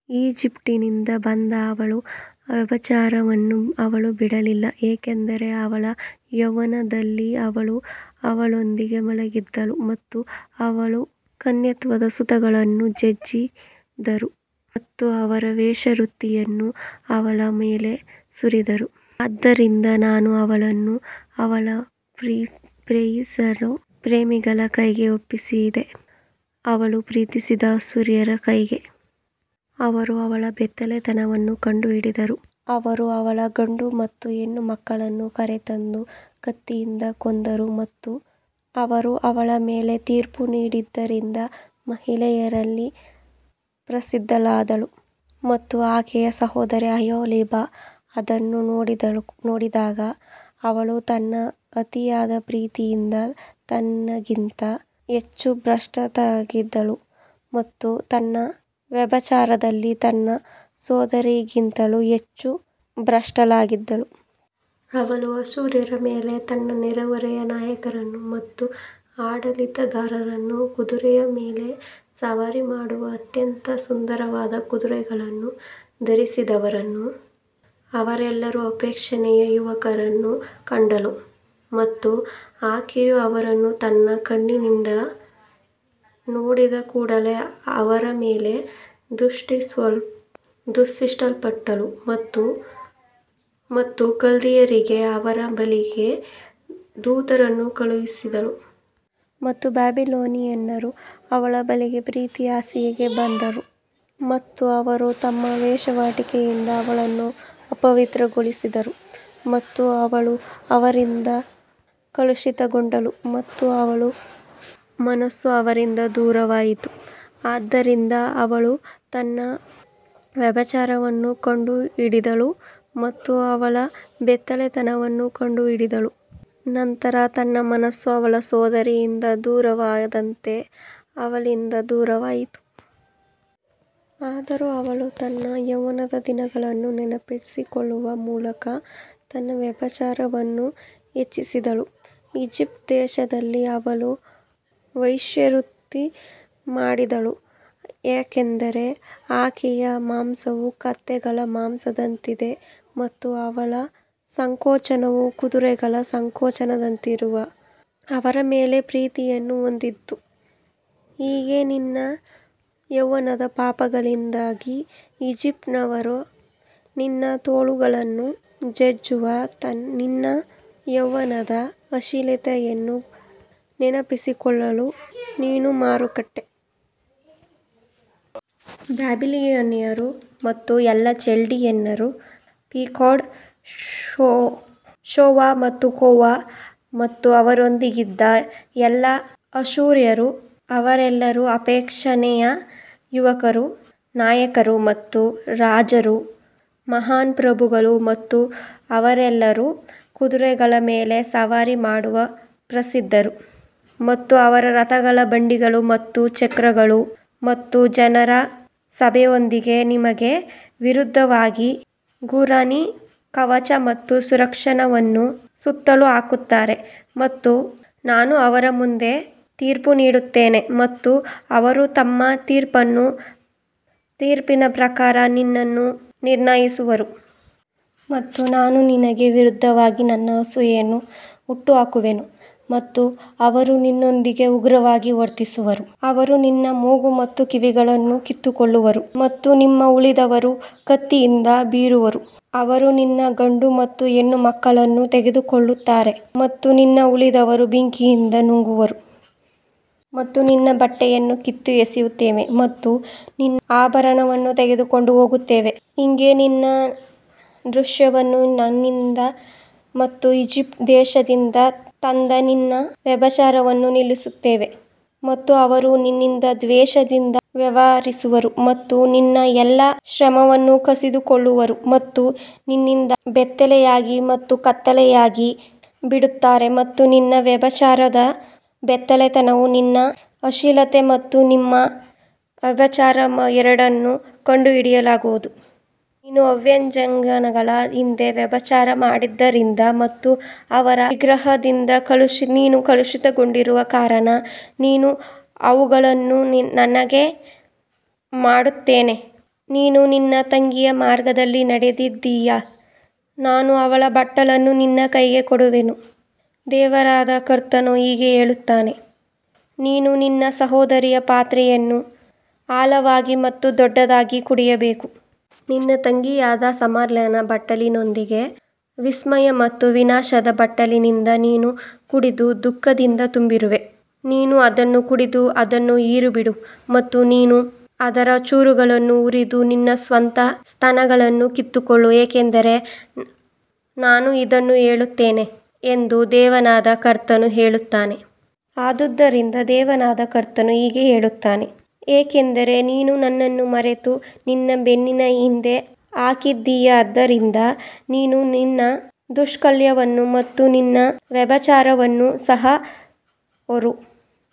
ಈಜಿಪ್ಟ್ನಿಂದ ತಂದ ಅವಳ ವ್ಯಭಿಚಾರವನ್ನು ಅವಳು ಬಿಡಲಿಲ್ಲ, ಏಕೆಂದರೆ ಅವಳ ಯೌವನದಲ್ಲಿ ಅವರು ಅವಳೊಂದಿಗೆ ಮಲಗಿದರು ಮತ್ತು ಅವರು ಅವಳ ಕನ್ಯತ್ವದ ಸ್ತನಗಳನ್ನು ಜಜ್ಜಿದರು ಮತ್ತು ಅವರ ವೇಶ್ಯಾವೃತ್ತಿಯನ್ನು ಅವಳ ಮೇಲೆ ಸುರಿದರು. ಆದದರಿಂದ ನಾನು ಅವಳನ್ನು ಅವಳ ಪ್ರೇಮಿಗಳ ಕೈಗೆ ಒಪ್ಪಿಸಿಕೊಟ್ಟೆನು, ಅವಳು ಪ್ರೀತಿಸಿದ ಅಶ್ಶೂರ್ಯರ ಕೈಗೆ. ಅವರು ಅವಳ ಬೆತ್ತಲೆತನವನ್ನು ಕಂಡುಹಿಡಿದರು, ಅವರು ಅವಳ ಗಂಡು ಮತ್ತು ಹೆಣ್ಣು ಮಕ್ಕಳನ್ನು ಕರೆದೊಯ್ದು ಕತ್ತಿಯಿಂದ ಕೊಂದರು ಮತ್ತು ಅವರು ಅವಳ ಮೇಲೆ ತೀರ್ಪು ನೀಡಿದ್ದರಿಂದ ಮಹಿಳೆಯರಲ್ಲಿ ಪ್ರಸಿದ್ಧಳಾದಳು. ಮತ್ತು ಆಕೆಯ ಸಹೋದರಿ ಅಹೋಲಿಬಾ ಇದನ್ನು ನೋಡಿದಾಗ ಅವಳು ತನ್ನ ಅತಿಯಾದ ಪ್ರೀತಿಯಲ್ಲಿ ತನಗಿಂತ ಹೆಚ್ಚು ಭ್ರಷ್ಟಳಾಗಿದ್ದಳು ಮತ್ತು ತನ್ನ ವ್ಯಭಿಚಾರದಲ್ಲಿ ತನ್ನ ಸಹೋದರಿಗಿಂತಲೂ ಹೆಚ್ಚು ಭ್ರಷ್ಟಳಾಗಿದ್ದಳು. ಅವಳು ಅಶ್ಶೂರ್ಯರ ಮೇಲೆ ತನ್ನ ನೆರೆಹೊರೆಯ ನಾಯಕರನ್ನು ಮತ್ತು ಆಡಳಿತಗಾರರನ್ನು, ಕುದುರೆಗಳ ಮೇಲೆ ಸವಾರಿ ಮಾಡುವ ಅತ್ಯಂತ ಸುಂದರವಾದ ಕುದುರೆಗಳನ್ನು ಧರಿಸಿದವರನ್ನು, ಅವರೆಲ್ಲರೂ ಅಪೇಕ್ಷಣೀಯ ಯುವಕರನ್ನು ಕಂಡಳು ಮತ್ತು ಆಕೆಯು ಅವರನ್ನು ತನ್ನ ಕಣ್ಣುಗಳಿಂದ ನೋಡಿದ ಕೂಡಲೆ ಅವರ ಮೇಲೆ ದೂಷಿಸಲ್ಪಟ್ಟಳು ಮತ್ತು ಕಲ್ದೀಯರಿಗೆ ಅವರ ಬಳಿಗೆ ದೂತರನ್ನು ಕಳುಹಿಸಿದಳು. ಮತ್ತು ಬ್ಯಾಬಿಲೋನಿಯನ್ನರು ಅವಳ ಬಳಿಗೆ ಪ್ರೀತಿಯ ಹಾಸಿಗೆಗೆ ಬಂದರು ಮತ್ತು ಅವರು ತಮ್ಮ ವೇಶ್ಯಾವಾಟಿಕೆಯಿಂದ ಅವಳನ್ನು ಅಪವಿತ್ರಗೊಳಿಸಿದರು ಮತ್ತು ಅವಳು ಅವರಿಂದ ಕಲುಷಿತಗೊಂಡಳು ಮತ್ತು ಅವಳ ಮನಸ್ಸು ಅವರಿಂದ ದೂರವಾಯಿತು. ಆದ್ದರಿಂದ ಅವಳು ತನ್ನ ವ್ಯಭಿಚಾರವನ್ನು ಕಂಡುಹಿಡಿದಳು ಮತ್ತು ಅವಳ ಬೆತ್ತಲೆತನವನ್ನು ಕಂಡುಹಿಡಿದಳು, ನಂತರ ನನ್ನ ಮನಸ್ಸು ಅವಳ ಸಹೋದರಿಯಿಂದ ದೂರವಾದಂತೆ ಅವಳಿಂದ ದೂರವಾಯಿತು. ಆದರೂ ಅವಳು ತನ್ನ ಯೌವನದ ದಿನಗಳನ್ನು ನೆನಪಿಸಿಕೊಳ್ಳುವ ಮೂಲಕ ತನ್ನ ವ್ಯಭಿಚಾರವನ್ನು ಹೆಚ್ಚಿಸಿದಳು, ಈಜಿಪ್ಟ್ ದೇಶದಲ್ಲಿ ಅವಳು ವೇಶ್ಯಾವೃತ್ತಿ ಮಾಡಿದಳು. ಯಾಕಂದರೆ ಆಕೆಯ ಮಾಂಸವು ಕತ್ತೆಗಳ ಮಾಂಸದಂತಿದೆ ಮತ್ತು ಅವರ ಸಂಕೋಚನವು ಕುದುರೆಗಳ ಸಂಕೋಚನದಂತಿರುವ ಅವರ ಪಾರ್ಶ್ವವರ್ತಿಗಳ ಮೇಲೆ ಪ್ರೀತಿಯನ್ನು ಹೊಂದಿತ್ತು. ಹೀಗೆ ನಿನ್ನ ಯೌವನದ ಪಾಪಗಳಿಗಾಗಿ ಈಜಿಪ್ಟಿನವರು ನಿನ್ನ ತೆವಲುಗಳನ್ನು ಜಜ್ಜುವ ನಿನ್ನ ಯೌವನದ ಅಶ್ಲೀಲತೆಯನ್ನು ನೆನಪಿಸಿಕೊಳ್ಳಲು ನೀನು ಕರೆಕೊಟ್ಟೆ. ಬ್ಯಾಬಿಲೋನಿಯನ್ನರು ಮತ್ತು ಎಲ್ಲಾ ಚಾಲ್ಡಿಯನ್ನರು, ಪೆಕೋಡ್, ಶೋವಾ ಮತ್ತು ಕೋವಾ ಮತ್ತು ಅವರೊಂದಿಗಿದ್ದ ಎಲ್ಲಾ ಅಶ್ಶೂರ್ಯರು, ಅವರೆಲ್ಲರೂ ಅಪೇಕ್ಷಣೀಯ ಯುವಕರು, ನಾಯಕರು ಮತ್ತು ರಾಜರು, ಮಹಾನ್ ಪ್ರಭುಗಳು, ಮತ್ತು ಅವರೆಲ್ಲರೂ ಕುದುರೆಗಳ ಮೇಲೆ ಸವಾರಿ ಮಾಡುವ ಪ್ರಸಿದ್ಧರು. ಮತ್ತು ಅವರು ರಥಗಳ ಬಂಡಿಗಳು ಮತ್ತು ಚಕ್ರಗಳು ಮತ್ತು ಜನರ ಸಭೆಯೊಂದಿಗೆ ನಿಮಗೆ ವಿರುದ್ಧವಾಗಿ ಗುರಾಣಿ, ಕವಚ ಮತ್ತು ಶಿರಸ್ತ್ರಾಣವನ್ನು ಸುತ್ತಲೂ ಹಾಕುತ್ತಾರೆ ಮತ್ತು ನಾನು ಅವರ ಮುಂದೆ ತೀರ್ಪು ನೀಡುತ್ತೇನೆ ಮತ್ತು ಅವರು ತಮ್ಮ ತೀರ್ಪಿನ ಪ್ರಕಾರ ನಿನ್ನನ್ನು ನಿರ್ಣಯಿಸುವರು. ಮತ್ತು ನಾನು ನಿನಗೆ ವಿರುದ್ಧವಾಗಿ ನನ್ನ ಅಸೂಯೆಯನ್ನು ಹುಟ್ಟುಹಾಕುವೆನು ಮತ್ತು ಅವರು ನಿನ್ನೊಂದಿಗೆ ಉಗ್ರವಾಗಿ ವರ್ತಿಸುವರು, ಅವರು ನಿನ್ನ ಮೂಗು ಮತ್ತು ಕಿವಿಗಳನ್ನು ಕಿತ್ತುಕೊಳ್ಳುವರು ಮತ್ತು ನಿಮ್ಮ ಉಳಿದವರು ಕತ್ತಿಯಿಂದ ಬೀಳುವರು, ಅವರು ನಿನ್ನ ಗಂಡು ಮತ್ತು ಹೆಣ್ಣು ಮಕ್ಕಳನ್ನು ತೆಗೆದುಕೊಳ್ಳುತ್ತಾರೆ ಮತ್ತು ನಿನ್ನ ಉಳಿದವರು ಬೆಂಕಿಯಿಂದ ನುಂಗುವರು. ಅವರು ನಿನ್ನ ಬಟ್ಟೆಗಳನ್ನು ಕಿತ್ತೆಸೆಯುತ್ತಾರೆ ಮತ್ತು ನಿನ್ನ ಆಭರಣಗಳನ್ನು ತೆಗೆದುಕೊಂಡು ಹೋಗುತ್ತಾರೆ, ಹೀಗೆ ನಾನು ನಿನ್ನ ದುಷ್ಕೃತ್ಯವನ್ನು ನಿನ್ನಿಂದ ಮತ್ತು ಈಜಿಪ್ಟ್ ದೇಶದಿಂದ ತಂದ ನಿನ್ನ ವ್ಯಭಿಚಾರವನ್ನು ನಿಲ್ಲಿಸುವೆನು. ಮತ್ತು ಅವರು ನಿನ್ನೊಂದಿಗೆ ದ್ವೇಷದಿಂದ ವ್ಯವಹರಿಸುವರು ಮತ್ತು ನಿನ್ನ ಎಲ್ಲಾ ಶ್ರಮವನ್ನು ಕಸಿದುಕೊಳ್ಳುವರು ಮತ್ತು ನಿನ್ನನ್ನು ಬೆತ್ತಲೆಯಾಗಿ ಮತ್ತು ಬೆತ್ತಲೆಯಾಗಿ ಬಿಡುತ್ತಾರೆ ಮತ್ತು ನಿನ್ನ ವ್ಯಭಿಚಾರದ ಬೆತ್ತಲೆತನವು ನಿನ್ನ ಅಶ್ಲೀಲತೆ ಮತ್ತು ನಿಮ್ಮ ವ್ಯಭಿಚಾರ ಎರಡನ್ನೂ ಕಂಡುಹಿಡಿಯಲಾಗುವುದು. ನೀನು ಅನ್ಯಜನಾಂಗಗಳ ಹಿಂದೆ ವ್ಯಭಿಚಾರ ಮಾಡಿದ್ದರಿಂದ ಮತ್ತು ಅವರ ವಿಗ್ರಹಗಳಿಂದ ನೀನು ಕಲುಷಿತಗೊಂಡಿರುವ ಕಾರಣ ನಾನು ಇವುಗಳನ್ನು ನಿನಗೆ ಮಾಡುತ್ತೇನೆ. ನೀನು ನಿನ್ನ ತಂಗಿಯ ಮಾರ್ಗದಲ್ಲಿ ನಡೆದಿದ್ದೀಯಾದ್ದರಿಂದ ನಾನು ಅವಳ ಬಟ್ಟಲನ್ನು ನಿನ್ನ ಕೈಗೆ ಕೊಡುವೆನು. ದೇವರಾದ ಕರ್ತನು ಹೀಗೆ ಹೇಳುತ್ತಾನೆ, ನೀನು ನಿನ್ನ ಸಹೋದರಿಯ ಪಾತ್ರೆಯಲ್ಲಿ ಆಳವಾಗಿ ಮತ್ತು ದೊಡ್ಡದಾಗಿ ಕುಡಿಯಬೇಕು. ನಿನ್ನ ತಂಗಿಯಾದ ಸಮಾರ್ಯಳ ಬಟ್ಟಲಿನೊಂದಿಗೆ ವಿಸ್ಮಯ ಮತ್ತು ವಿನಾಶದ ಬಟ್ಟಲಿನಿಂದ ನೀನು ಕುಡಿದು ದುಃಖದಿಂದ ತುಂಬಿರುವೆ. ನೀನು ಅದನ್ನು ಕುಡಿದು ಅದನ್ನು ಹೀರಿಬಿಡು ಮತ್ತು ನೀನು ಅದರ ಚೂರುಗಳನ್ನು ಮುರಿದು ನಿನ್ನ ಸ್ವಂತ ಸ್ತನಗಳನ್ನು ಕಿತ್ತುಕೊಳ್ಳು, ಏಕೆಂದರೆ ನಾನು ಇದನ್ನು ಹೇಳಿದ್ದೇನೆ ಎಂದು ದೇವರಾದ ಕರ್ತನು ಹೇಳುತ್ತಾನೆ. ಆದದರಿಂದ ದೇವರಾದ ಕರ್ತನು ಹೀಗೆ ಹೇಳುತ್ತಾನೆ, ಏಕೆಂದರೆ ನೀನು ನನ್ನನ್ನು ಮರೆತು ನಿನ್ನ ಬೆನ್ನಿನ ಹಿಂದೆ ಹಾಕಿದ್ದೀಯಾದ್ದರಿಂದ ನೀನು ನಿನ್ನ ದುಷ್ಕೃತ್ಯವನ್ನು ಮತ್ತು ನಿನ್ನ ವ್ಯಭಿಚಾರವನ್ನು ಸಹ ಹೊರು.